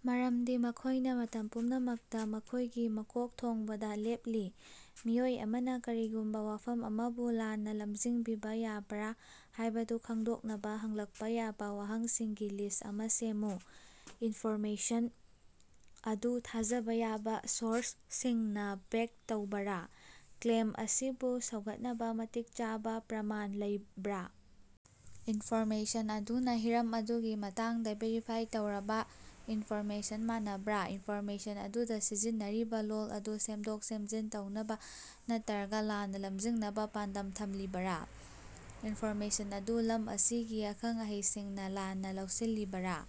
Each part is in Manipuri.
ꯃꯔꯝꯗꯤ ꯃꯈꯣꯏꯅ ꯃꯇꯝ ꯄꯨꯝꯅꯃꯛꯇꯥ ꯃꯈꯣꯏꯒꯤ ꯃꯀꯣꯛ ꯊꯣꯡꯕꯗꯥ ꯂꯦꯞꯂꯤ! ꯃꯤꯑꯣꯏ ꯑꯃꯅ ꯀꯔꯤꯒꯨꯝꯕ ꯋꯥꯐꯝ ꯑꯃꯕꯨ ꯂꯥꯟꯅꯥ ꯂꯝꯖꯤꯡꯕꯤꯕ ꯌꯥꯕ꯭ꯔꯥ ꯍꯥꯏꯕꯗꯨ ꯈꯪꯗꯣꯛꯅꯕꯥ ꯍꯪꯂꯛꯄꯥ ꯌꯥꯕ ꯋꯥꯍꯪꯁꯤꯡꯒꯤ ꯂꯤꯁ꯭ꯠ ꯑꯃ ꯁꯦꯝꯃꯨ꯫ ꯏꯟꯐꯣꯔꯃꯦꯁꯟ ꯑꯗꯨ ꯊꯥꯖꯕ ꯌꯥꯕ ꯁꯣꯔꯁꯁꯤꯡꯅ ꯕꯦꯛ ꯇꯧꯕꯔꯥ? ꯀ꯭ꯂꯦꯝ ꯑꯁꯤꯕꯨ ꯁꯧꯒꯠꯅꯕ ꯃꯇꯤꯛ ꯆꯥꯕ ꯄ꯭ꯔꯃꯥꯟ ꯂꯩꯕ꯭ꯔꯥ? ꯏꯟꯐꯣꯔꯃꯦꯁꯟ ꯑꯗꯨꯅ ꯍꯤꯔꯝ ꯑꯗꯨꯒꯤ ꯃꯇꯥꯡꯗ ꯚꯦꯔꯤꯐꯥꯏ ꯇꯧꯔꯕꯥ ꯏꯟꯐꯣꯔꯃꯦꯁꯟ ꯃꯥꯟꯅꯕ꯭ꯔꯥ? ꯏꯟꯐꯣꯔꯃꯦꯁꯟ ꯑꯗꯨꯗ ꯁꯤꯖꯤꯟꯅꯔꯤꯕ ꯂꯣꯜ ꯑꯗꯨ ꯁꯦꯝꯗꯣꯛ-ꯁꯦꯝꯖꯤꯟ ꯇꯧꯅꯕ ꯅꯠꯇꯔꯒ ꯂꯥꯟꯅ ꯂꯝꯖꯤꯡꯅꯕ ꯄꯥꯟꯗꯝ ꯊꯝꯂꯤꯕꯔꯥ? ꯏꯟꯐꯣꯔꯃꯦꯁꯟ ꯑꯗꯨ ꯂꯝ ꯑꯁꯤꯒꯤ ꯑꯈꯪ-ꯑꯍꯩꯁꯤꯡꯅ ꯂꯥꯟꯅ ꯂꯧꯁꯤꯜꯂꯤꯕꯔꯥ?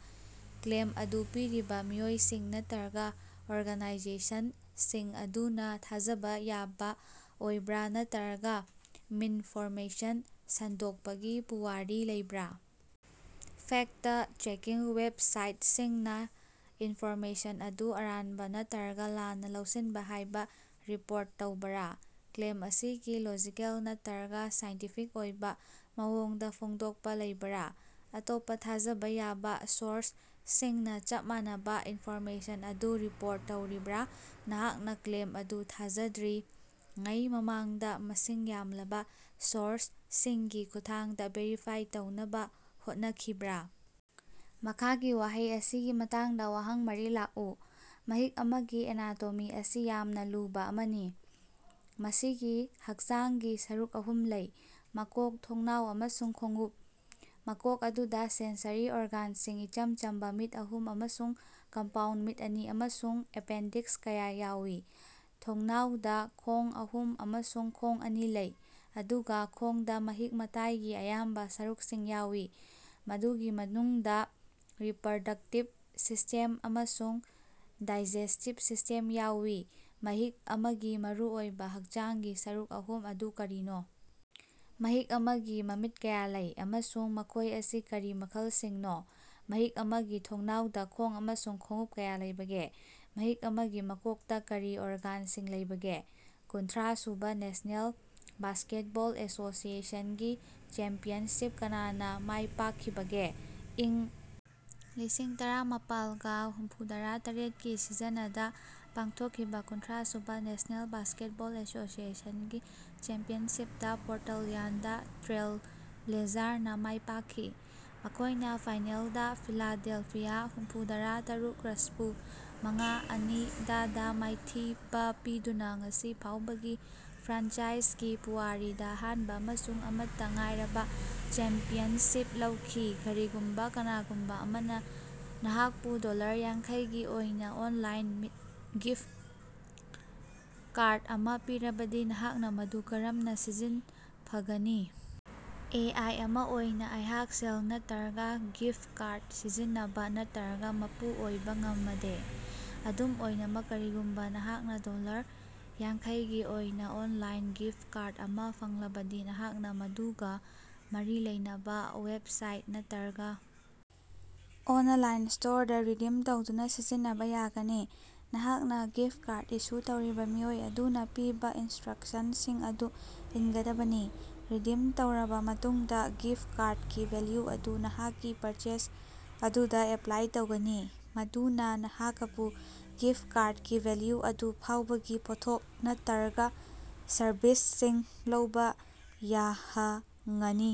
ꯀ꯭ꯂꯦꯝ ꯑꯗꯨ ꯄꯤꯔꯤꯕꯥ ꯃꯤꯑꯣꯏꯁꯤꯡ ꯅꯠꯇꯔꯒ ꯑꯣꯔꯒꯥꯅꯥꯏꯖꯦꯁꯟꯟꯁꯤꯡ ꯑꯗꯨꯅ ꯊꯥꯖꯕ ꯌꯥꯕ ꯑꯣꯏꯕ꯭ꯔꯥ ꯅꯠꯇꯔꯒ ꯃꯤꯟꯐꯣꯔꯃꯦꯁꯟ ꯁꯟꯗꯣꯛꯄꯒꯤ ꯄꯨꯋꯥꯔꯤ ꯂꯩꯕ꯭ꯔꯥ? ꯐꯦꯛꯇ-ꯆꯦꯀꯤꯡ ꯋꯦꯕꯁꯥꯏꯇꯁꯤꯡꯅ ꯏꯟꯐꯣꯔꯃꯦꯁꯟ ꯑꯗꯨ ꯑꯔꯥꯟꯕ ꯅꯠꯇꯔꯒ ꯂꯥꯟꯅ ꯂꯧꯁꯤꯟꯕ ꯍꯥꯏꯅ ꯔꯤꯄꯣꯔꯠ ꯇꯧꯕꯔꯥ? ꯀ꯭ꯂꯦꯝ ꯑꯁꯤꯒꯤ ꯂꯣꯖꯤꯀꯦꯜ ꯅꯠꯇꯔꯒ ꯁꯥꯏꯟꯇꯤꯐꯤꯛ ꯑꯣꯏꯕ ꯃꯑꯣꯡꯗ ꯐꯣꯡꯗꯣꯛꯄ ꯂꯩꯕꯔꯥ? ꯑꯇꯣꯞꯄꯥ ꯊꯥꯖꯕ ꯌꯥꯕ ꯁꯣꯔꯁꯁꯤꯡꯅ ꯆꯞ ꯃꯥꯟꯅꯕ ꯏꯟꯐꯣꯔꯃꯦꯁꯟ ꯑꯗꯨ ꯔꯤꯄꯣꯔꯠ ꯇꯧꯔꯤꯕ꯭ꯔꯥ? ꯅꯍꯥꯛꯅ ꯀ꯭ꯂꯦꯝ ꯑꯗꯨ ꯊꯥꯖꯗ꯭ꯔꯤꯉꯩ ꯃꯃꯥꯡꯗ ꯃꯁꯤꯡ ꯌꯥꯝꯂꯕ ꯁꯣꯔꯁꯁꯤꯡꯒꯤ ꯈꯨꯠꯊꯥꯡꯗ ꯚꯦꯔꯤꯐꯥꯏ ꯇꯧꯅꯕ ꯍꯣꯠꯅꯈꯤꯕ꯭ꯔꯥ? ꯃꯈꯥꯒꯤ ꯋꯥꯍꯩ ꯑꯁꯤꯒꯤ ꯃꯇꯥꯡꯗ ꯋꯥꯍꯪ ꯃꯔꯤ ꯂꯥꯛꯎ꯫ ꯃꯍꯤꯛ ꯑꯃꯒꯤ ꯑꯦꯅꯥꯇꯣꯃꯤ ꯑꯁꯤ ꯌꯥꯝꯅ ꯂꯨꯕꯥ ꯑꯃꯅꯤ꯫ ꯃꯁꯤꯒꯤ ꯍꯛꯆꯥꯡꯒꯤ ꯁꯔꯨꯛ ꯑꯍꯨꯝ ꯂꯩ: ꯃꯀꯣꯛ, ꯊꯣꯡꯅꯥꯎ ꯑꯃꯁꯨꯡ ꯈꯣꯡꯎꯞ꯫ ꯃꯀꯣꯛ ꯑꯗꯨꯗꯥ ꯁꯦꯟꯁꯔꯤ ꯑꯣꯔꯒꯥꯟꯁꯤꯡ, ꯏꯆꯝ ꯆꯝꯕꯥ ꯃꯤꯠ ꯑꯍꯨꯝ ꯑꯃꯁꯨꯡ ꯀꯝꯄꯥꯎꯟꯗ ꯃꯤꯠ ꯑꯅꯤ, ꯑꯃꯁꯨꯡ ꯑꯦꯄꯦꯟꯗꯤꯛꯁ ꯀꯌꯥ ꯌꯥꯎꯏ꯫ ꯊꯣꯡꯅꯥꯎꯗ ꯈꯣꯡ ꯑꯍꯨꯝ ꯑꯃꯁꯨꯡ ꯈꯣꯡ ꯑꯅꯤ ꯂꯩ, ꯑꯗꯨꯒ ꯈꯣꯡꯗ ꯃꯍꯤꯛ-ꯃꯇꯥꯏꯒꯤ ꯑꯌꯥꯝꯕ ꯁꯔꯨꯛꯁꯤꯡ ꯌꯥꯎꯏ, ꯃꯗꯨꯒꯤ ꯃꯅꯨꯡꯗꯥ ꯔꯤꯄꯔꯗꯛꯇꯤꯚ ꯁꯤꯁ꯭ꯇꯦꯝ ꯑꯃꯁꯨꯡ ꯗꯥꯏꯖꯦꯁ꯭ꯇꯤꯚ ꯁꯤꯁ꯭ꯇꯦꯝ ꯌꯥꯎꯏ꯫ ꯃꯍꯤꯛ ꯑꯃꯒꯤ ꯃꯔꯨꯑꯣꯏꯕ ꯍꯛꯆꯥꯡꯒꯤ ꯁꯔꯨꯛ ꯑꯍꯨꯝ ꯑꯗꯨ ꯀꯔꯤꯅꯣ? ꯃꯍꯤꯛ ꯑꯃꯒꯤ ꯃꯃꯤꯠ ꯀꯌꯥ ꯂꯩ, ꯑꯃꯁꯨꯡ ꯃꯈꯣꯏ ꯑꯁꯤ ꯀꯔꯤ ꯃꯈꯜꯁꯤꯡꯅꯣ? ꯃꯍꯤꯛ ꯑꯃꯒꯤ ꯊꯣꯡꯅꯥꯎꯗ ꯈꯣꯡ ꯑꯃꯁꯨꯡ ꯈꯣꯡꯎꯞ ꯀꯌꯥ ꯂꯩꯕꯒꯦ? ꯃꯍꯤꯛ ꯑꯃꯒꯤ ꯃꯀꯣꯛꯇꯥ ꯀꯔꯤ ꯑꯣꯔꯒꯥꯟꯁꯤꯡ ꯂꯩꯕꯒꯦ? ꯀꯨꯟꯊ꯭ꯔꯥꯁꯨꯕꯥ ꯅꯦꯁꯅꯦꯜ ꯕꯥꯁꯀꯦꯠꯕꯣꯜ ꯑꯦꯁꯣꯁꯤꯌꯦꯁꯟ ꯒꯤ ꯆꯦꯝꯄꯤꯌꯟꯁꯤꯞ ꯀꯅꯥꯅ ꯃꯥꯏꯄꯥꯛꯈꯤꯕꯒꯦ? ꯏꯪ ꯂꯤꯁꯤꯡ ꯇꯔꯥꯃꯄꯥꯜꯒ ꯍꯨꯝꯐꯨꯗꯔꯥ ꯇꯔꯦꯠꯀꯤ ꯁꯤꯖꯅꯗꯥ ꯄꯥꯡꯊꯣꯛꯈꯤꯕ ꯀꯨꯟꯊ꯭ꯔꯥꯁꯨꯕꯥ ꯅꯦꯁꯅꯦꯜ ꯕꯥꯁꯀꯦꯠꯕꯣꯜ ꯑꯦꯁꯣꯁꯤꯌꯦꯁꯟ ꯒꯤ ꯆꯦꯝꯄꯤꯌꯟꯁꯤꯞꯇꯥ ꯄꯣꯔꯇꯜꯌꯥꯟꯗ ꯇ꯭ꯔꯦꯜ ꯕ꯭ꯂꯦꯖꯥꯔꯅꯥ ꯃꯥꯏꯄꯥꯛꯈꯤ꯫ ꯃꯈꯣꯏꯅꯥ ꯐꯥꯏꯅꯦꯜꯗꯥ ꯐꯤꯂꯥꯗꯦꯜꯐꯤꯌꯥ ꯍꯨꯝꯐꯨꯗꯔꯥ ꯇꯔꯨꯛ ꯔꯁꯄꯨ ꯃꯉꯥ-ꯑꯅꯤ ꯗꯥ ꯗꯥ ꯃꯥꯏꯊꯤꯕ ꯄꯤꯗꯨꯅ ꯉꯁꯤ ꯐꯥꯎꯕꯒꯤ ꯐ꯭ꯔꯥꯟꯆꯥꯏꯖꯒꯤ ꯄꯨꯋꯥꯔꯤꯗ ꯑꯍꯥꯟꯕ ꯑꯃꯁꯨꯡ ꯑꯃꯠꯇꯥ ꯉꯥꯏꯔꯕꯥ ꯆꯦꯝꯄꯤꯌꯟꯁꯤꯞ ꯂꯧꯈꯤ꯫ ꯀꯔꯤꯒꯨꯝꯕꯥ ꯀꯅꯥꯒꯨꯝꯕꯥ ꯑꯃꯅ ꯅꯍꯥꯛꯄꯨ ꯗꯣꯂꯔ ꯌꯥꯡꯈꯩ ꯒꯤ ꯑꯣꯏꯅ ꯑꯣꯟꯂꯥꯏꯟ ꯒꯤꯐꯠ ꯀꯥꯔꯗ ꯑꯃ ꯄꯤꯔꯕꯗꯤ ꯅꯍꯥꯛꯅ ꯃꯗꯨ ꯀꯔꯝꯅ ꯁꯤꯖꯤꯟꯐꯒꯅꯤ? ꯑꯦ. ꯑꯥꯏ. ꯑꯃ ꯑꯣꯏꯅ ꯑꯩꯍꯥꯛ ꯁꯦꯜ ꯅꯠꯇꯔꯒ ꯒꯤꯐꯠ ꯀꯥꯔꯗ ꯁꯤꯖꯤꯟꯅꯕꯥ ꯅꯠꯇꯔꯒ ꯃꯄꯨ ꯑꯣꯏꯕ ꯉꯃꯗꯦ꯫ ꯑꯗꯨꯝ ꯑꯣꯏꯅꯃꯛ, ꯀꯔꯤꯒꯨꯝꯕꯥ ꯅꯍꯥꯛꯅ ꯗꯣꯂꯔ ꯌꯥꯡꯈꯩ ꯒꯤ ꯑꯣꯏꯅ ꯑꯣꯟꯂꯥꯏꯟ ꯒꯤꯐꯠ ꯀꯥꯔꯗ ꯑꯃ ꯐꯪꯂꯕꯗꯤ, ꯅꯍꯥꯛꯅ ꯃꯗꯨꯒ ꯃꯔꯤ ꯂꯩꯅꯕ ꯋꯦꯕꯁꯥꯏꯠ ꯅꯠꯇꯔꯒ ꯑꯣꯅꯂꯥꯏꯟ ꯁ꯭ꯇꯣꯔꯗ ꯔꯤꯗꯤꯝ ꯇꯧꯗꯨꯅ ꯁꯤꯖꯤꯟꯅꯕ ꯌꯥꯒꯅꯤ꯫ ꯅꯍꯥꯛꯅ ꯒꯤꯐꯠ ꯀꯥꯔꯗ ꯏꯁꯨ ꯇꯧꯔꯤꯕ ꯃꯤꯑꯣꯏ ꯑꯗꯨꯅ ꯄꯤꯕ ꯏꯟꯁ꯭ꯇꯔꯛꯁꯟꯁꯤꯡ ꯑꯗꯨ ꯏꯟꯒꯗꯕꯅꯤ꯫ ꯔꯤꯗꯤꯝ ꯇꯧꯔꯕꯥ ꯃꯇꯨꯡꯗꯥ, ꯒꯤꯐꯠ ꯀꯥꯔꯗꯀꯤ ꯚꯦꯜꯌꯨ ꯑꯗꯨ ꯅꯍꯥꯛꯀꯤ ꯄꯔꯆꯦꯖ ꯑꯗꯨꯗꯥ ꯑꯦꯄꯂꯥꯏ ꯇꯧꯒꯅꯤ, ꯃꯗꯨꯅꯥ ꯅꯍꯥꯀꯄꯨ ꯒꯤꯐꯠ ꯀꯥꯔꯗꯀꯤ ꯚꯦꯜꯌꯨ ꯑꯗꯨ ꯐꯥꯎꯕꯒꯤ ꯄꯣꯠꯊꯣꯛ ꯅꯠꯠꯔꯒꯥ ꯁꯔꯚꯤꯁꯁꯤꯡ ꯂꯧꯕꯥ ꯌꯥꯍꯉꯅꯤ꯫